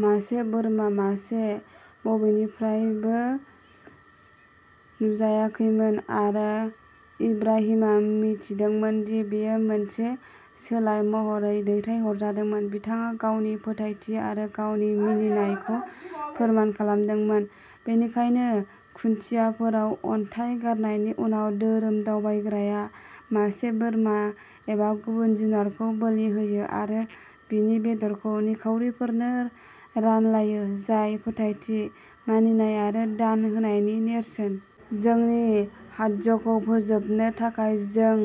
मासे बोरमा मासे बबेनिफ्रायबो नुजायाखैमोन, आरो इब्राहिमआ मिथिदोंमोन दि बेयो मोनसे सोलाय महरै दैथायहरजादोंमोन बिथाङा गावनि फोथायथि आरो गावनि मानिनायखौ फोरमान खालामदोंमोन। बेनिखायनो, खुन्थियाफोराव अन्थाइ गारनायनि उनाव, धोरोम दावबायग्राया मासे बोरमा एबा गुबुन जुनारखौ बोलि होयो आरो बिनि बेदरखौ निखावरिफोरनो रानलायो, जाय फोथायथि, मानिनाय आरो दान होनायनि नेरसोन। जोंनि हाज्जखौ फोजोबनो थाखाय, जों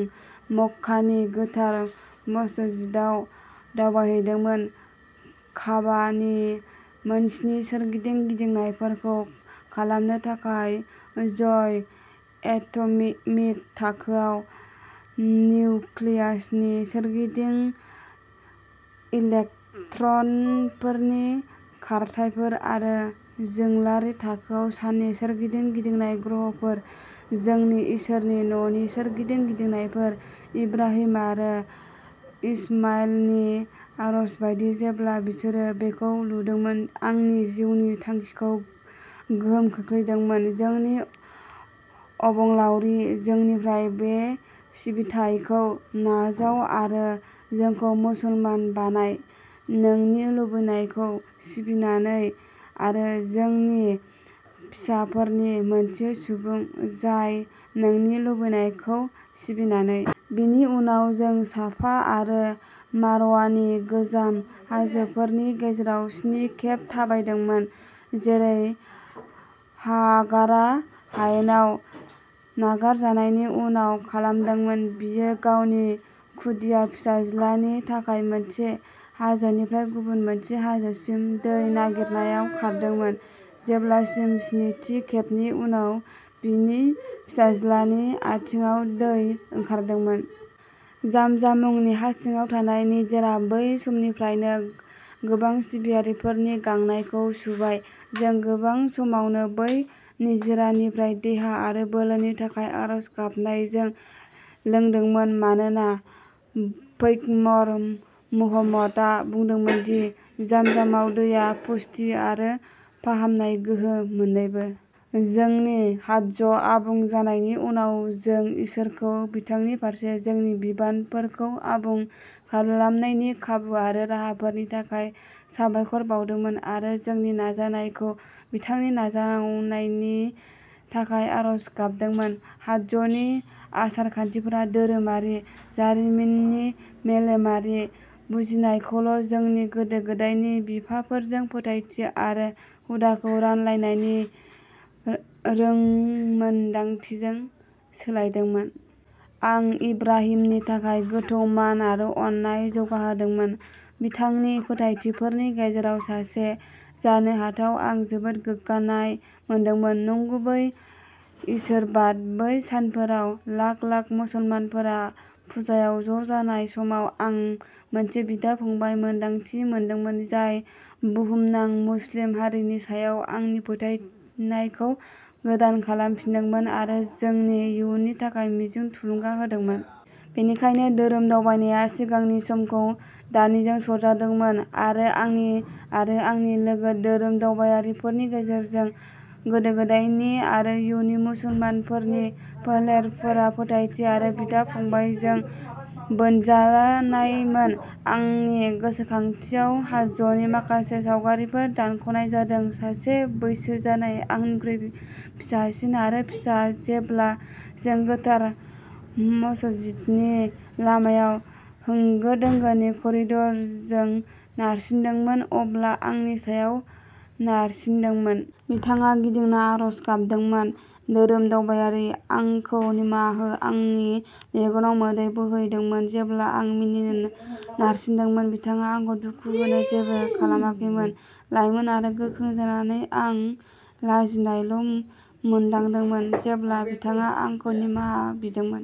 मक्कानि गोथार मस्जिदाव दावबायहैदोंमोन काबा नि मोनस्नि सोरगिदिं गिदिंनायफोरखौ खालामनो थाखाय, जय एट'मिक मिक थाखोआव निउक्लियासनि सोरगिदिं इलेक्ट्रनफोरनि खारथाइफोर, आरो जोंलारि थाखोआव साननि सोरगिदिं गिदिंनाय ग्रहफोर। जोंनि इसोरनि न'नि सोरगिदिं गिदिंनायफोर, इब्राहिम आरो इश्माइलनि आरज बायदि जेब्ला बिसोरो बेखौ लुदोंमोन, आंनि जिउनि थांखिखौ गोहोम खोख्लैदोंमोन जोंनि अबंलावरि, जोंनिफ्राय बे सिबिथायखौ नाजाव आरो जोंखौ मुसलमान बानाय, नोंनि लुबैनायखौ सिबिनानै, आरो जोंनि फिसाफोरनि मोनसे सुबुं जाय नोंनि लुबैनायखौ सिबिनानै। बिनि उनाव जों साफा आरो मारवानि गोजाम हाजोफोरनि गेजेराव स्नि खेब थाबायदोंमोन जेरै हागारा हायेनाव नागारजानायनि उनाव खालामदोंमोन। बियो गावनि खुदिया फिसाज्लानि थाखाय मोनसे हाजोनिफ्राय गुबुन मोनसे हाजोसिम दै नागिरनायाव खारदोंमोन जेब्लासिम स्निथि खेबनि उनाव, बिनि फिसाज्लानि आथिंआव दै ओंखारदोंमोन। जामजाम मुंनि हा सिङाव थानाय निजिरा, बै समनिफ्रायनो गोबां सिबियारिफोरनि गांनायखौ सुबाय। जों गोबां समावनो बै निजोरानिफ्राय देहा आरो बोलोनि थाखाय आरज गाबनायजों लोंदोंमोन, मानोना पैगम्बर मुहम्मदआ बुंदोंमोन दि जामजामाव दैआ पुष्टि आरो फाहामनाय गोहो मोन्नैबो। जोंनि हाज्ज आबुं जानायनि उनाव, जों इसोरखौ बिथांनि फारसे जोंनि बिबानफोरखौ आबुं खालामनायनि खाबु आरो राहाफोरनि थाखाय साबायखर बावदोंमोन आरो जोंनि नाजानायखौ बिथांनि नाजावनायनि थाखाय आरज गाबदोंमोन। हाज्जनि आसार खान्थिफोरा धोरोमारि जारिमिननि मेलेमारि बुजिनायखौल' जोंनि गोदो-गोदायनि बिफाफोरजों फोथायथि आरो हुदाखौ रानलायनायनि रोंमोनदांथिजों सोलायदोंमोन। आं इब्राहिमनि थाखाय गोथौ मान आरो अननाय जौगाहोदोंमोन। बिथांनि फोथायथिफोरनि गेजेराव सासे जानो हाथाव आं जोबोद गोग्गानाय मोनदोंमोन नंगुबै इसोरबाद। बै सानफोराव लाख-लाख मुसलमानफोरा फुजायाव ज'जानाय समाव, आं मोनसे बिदा-फंबाय मोन्दांथि मोनदोंमोन जाय बुहुमनां मुस्लिम हारिनि सायाव आंनि फोथायनायखौ गोदान खालामफिनदोंमोन आरो जोंनि इयुननि थाखाय मिजिं थुलुंगा होदोंमोन। बेनिखायनो, धोरोम दावबायनाया सिगांनि समखौ दानिजों सरजाबदोंमोन आरो, आंनि आरो आंनि लोगो धोरोम दावबायारिफोरनि गेजेरजों, गोदो-गोदायनि आरो इयुननि मुसलमानफोरनि फोलेरफोरा फोथायथि आरो बिदा-फंबायजों बोनजानायमोन। आंनि गोसोखांथियाव हाज्जनि माखासे सावगारिफोर दानख'नाय जादों। सासे बैसो जानाय, आंनिख्रुइ फिसासिन आरो फिसा, जेब्ला जों गोथार मस'स्जिदनि लामायाव होंगो-दोंगोनि करिडरजों नारसिनदोंमोन, अब्ला आंनि सायाव नारसिन्दोंमोन। बिथाङा गिदिंना आर'ज गाबदोंमोन, धोरोम दावबायारि, आंखौ निमाहा हो। आंनि मेगनाव मोदै बोहैदोंमोन जेब्ला आं मिनिनो नारसिनदोंमोन। बिथाङा आंखौ दुखु होनो जेबो खालामाखैमोन। लाइमोन आरो गोख्रों जानानै, आं लाजिनायल' मोनदांदोंमोन जेब्ला बिथाङा आंखौ निमाहा बिदोंमोन।